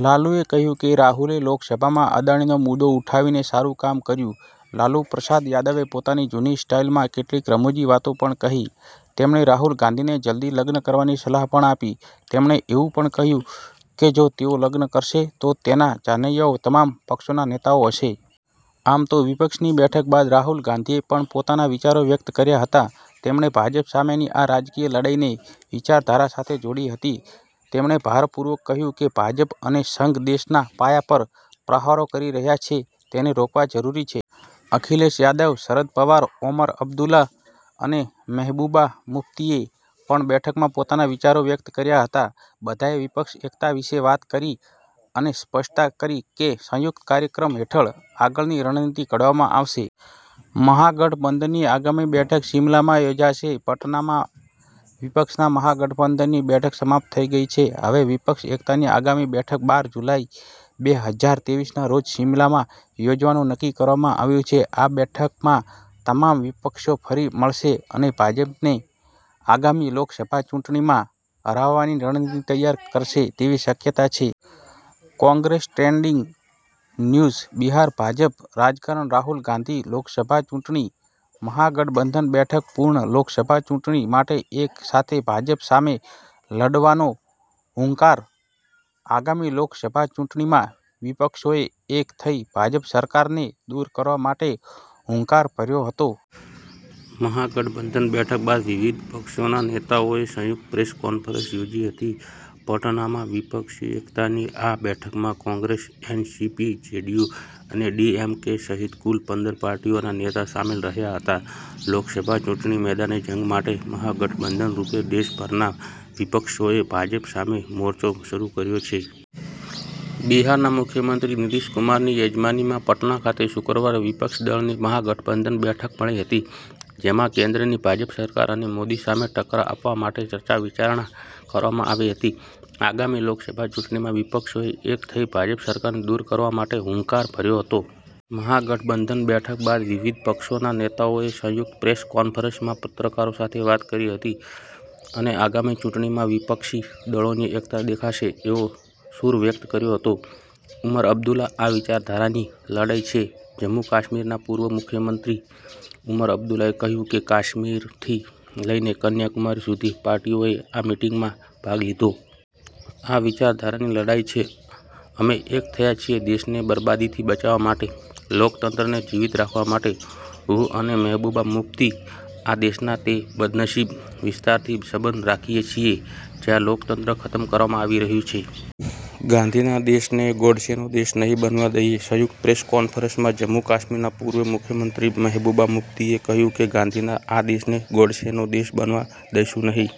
લાલુએ કહ્યું કે રાહુલે લોકસભામાં અદાણીનો મુદ્દો ઉઠાવીને સારું કામ કર્યું. લાલુ પ્રસાદ યાદવે પોતાની જૂની સ્ટાઈલમાં કેટલીક રમુજી વાતો પણ કહી. તેમણે રાહુલ ગાંધીને જલ્દી લગ્ન કરવાની સલાહ પણ આપી. તેમણે એવું પણ કહ્યું કે જો તેઓ લગ્ન કરશે તો તેના જાનૈયાઓ તમામ પક્ષોના નેતાઓ હશે. આમ તો વિપક્ષની બેઠક બાદ રાહુલ ગાંધીએ પણ પોતાના વિચારો વ્યક્ત કર્યા હતા. તેમણે ભાજપ સામેની આ રાજકીય લડાઈને વિચારધારા સાથે જોડી હતી. તેમણે ભારપૂર્વક કહ્યું કે ભાજપ અને સંઘ દેશના પાયા પર પ્રહારો કરી રહ્યા છે, તેને રોકવા જરૂરી છે. અખિલેશ યાદવ, શરદ પવાર, ઓમર અબ્દુલ્લા અને મહેબૂબા મુફ્તીએ પણ બેઠકમાં પોતાના વિચારો વ્યક્ત કર્યા હતા. બધાએ વિપક્ષ એકતા વિશે વાત કરી અને સ્પષ્ટતા કરી કે સંયુક્ત કાર્યક્રમ હેઠળ આગળની રણનીતિ ઘડવામાં આવશે. મહાગઠબંધનની આગામી બેઠક શિમાલામાં યોજાશે પટનામાં વિપક્ષના મહાગઠબંધનની બેઠક સમાપ્ત થઇ ગઇ છે. હવે વિપક્ષ એકતાની આગામી બેઠક બાર જુલાઇ, બે હજાર ત્રેવીસ ના રોજ શિમલામાં યોજવાનું નક્કી કરવામાં આવ્યું છે. આ બેઠકમાં તમામ વિપક્ષો ફરી મળશે અને ભાજપનને આગામી લોકસભા ચૂંટણીમાં હરાવવાની રણનીતિ તૈયાર કરશે તેવી શક્યતા છે. કોંગ્રેસ ટ્રેન્ડિંગ ન્યૂઝ બિહા રભાજપ રાજકારણ રાહુલ ગાંધી લોકસભા ચૂંટણી. મહાગઠબંધન બેઠક પૂર્ણ, લોકસભા ચૂંટણી માટે એક સાથે ભાજપ સામે લડવાનો હૂંકાર. આગામી લોકસભા ચૂંટણીમાં વિપક્ષોએ એક થઇ ભાજપ સરકારને દૂર કરવા માટે હૂંકાર ભર્યો હતો. મહાગઠબંધન બેઠક બાદ વિવિધ પક્ષોના નેતાઓએ સંયુક્ત પ્રેસ કોન્ફરન્સ યોજી હતી. પટનામાં વિપક્ષી એકતાની આ બેઠકમાં કોંગ્રેસ, એનસીપી, જેડીયુ અને ડીએમકે સહિત કુલ પંદર પાર્ટીઓના નેતા સામેલ રહ્યા હતા લોકસભા ચૂંટણી મેદાને જંગ માટે મહાગઠબંધન રૂપે દેશભરના વિપક્ષોએ ભાજપ સામે મોરચો શરૂ કર્યો છે. બિહારના મુખ્યમંત્રી નીતિશ કુમારની યજમાનીમાં પટના ખાતે શુક્રવારે વિપક્ષ દળની મહાગઠબંધન બેઠક મળી હતી. જેમાં કેન્દ્રની ભાજપ સરકાર અને મોદી સામે ટક્કર આપવા માટે ચર્ચા વિચારણા કરવામાં આવી હતી. આગામી લોકસભા ચૂંટણીમાં વિપક્ષોએ એક થઇ ભાજપ સરકારને દૂર કરવા માટે હૂંકાર ભર્યો હતો. મહાગઠબંધન બેઠક બાદ વિવિધ પક્ષોના નેતાઓએ સંયુક્ત પ્રેસ કોન્ફરન્સમાં પત્રકારો સાથે વાત કરી હતી અને આગામી ચૂંટણીમાં વિપક્ષી દળોની એકતા દેખાશે એવો સૂર વ્યક્ત કર્યો હતો. ઉમર અબ્દુલા આ વિચારધારાની લડાઇ છે જમ્મુ કાશ્મીરના પૂર્વ મુખ્યમંત્રી ઉમર અબ્દુલાએ કહ્યું કે કાશ્મીરથી લઇને કન્યાકુમારી સુધી પાર્ટીઓએ આ મિટિંગમાં ભાગ લીધો. આ વિચારધારાની લડાઇ છે. અમે એક થયા છીએ દેશને બરબાદીથી બચાવવા માટે, લોકતંત્રને જીવિત રાખવા માટે. હું અને મહેબુબા મુફ્તી આ દેશના તે બદનસીબ વિસ્તારથી સંબંધ રાખીએ છીએ જ્યાં લોકતંત્ર ખતમ કરવામાં આવી રહ્યું છે. ગાંધીના દેશને ગોડસેનો દેશ નહીં બનવા દઇએ સંયુક્ત પ્રેસ કોન્ફરન્સમાં જમ્મુ કાશ્મીરના પૂર્વ મુખ્યમંત્રી મહેબુબા મુફ્તીએ કહ્યું કે ગાંધીના આ દેશને ગોડ્સેનો દેશ બનવા દઇશું નહીં.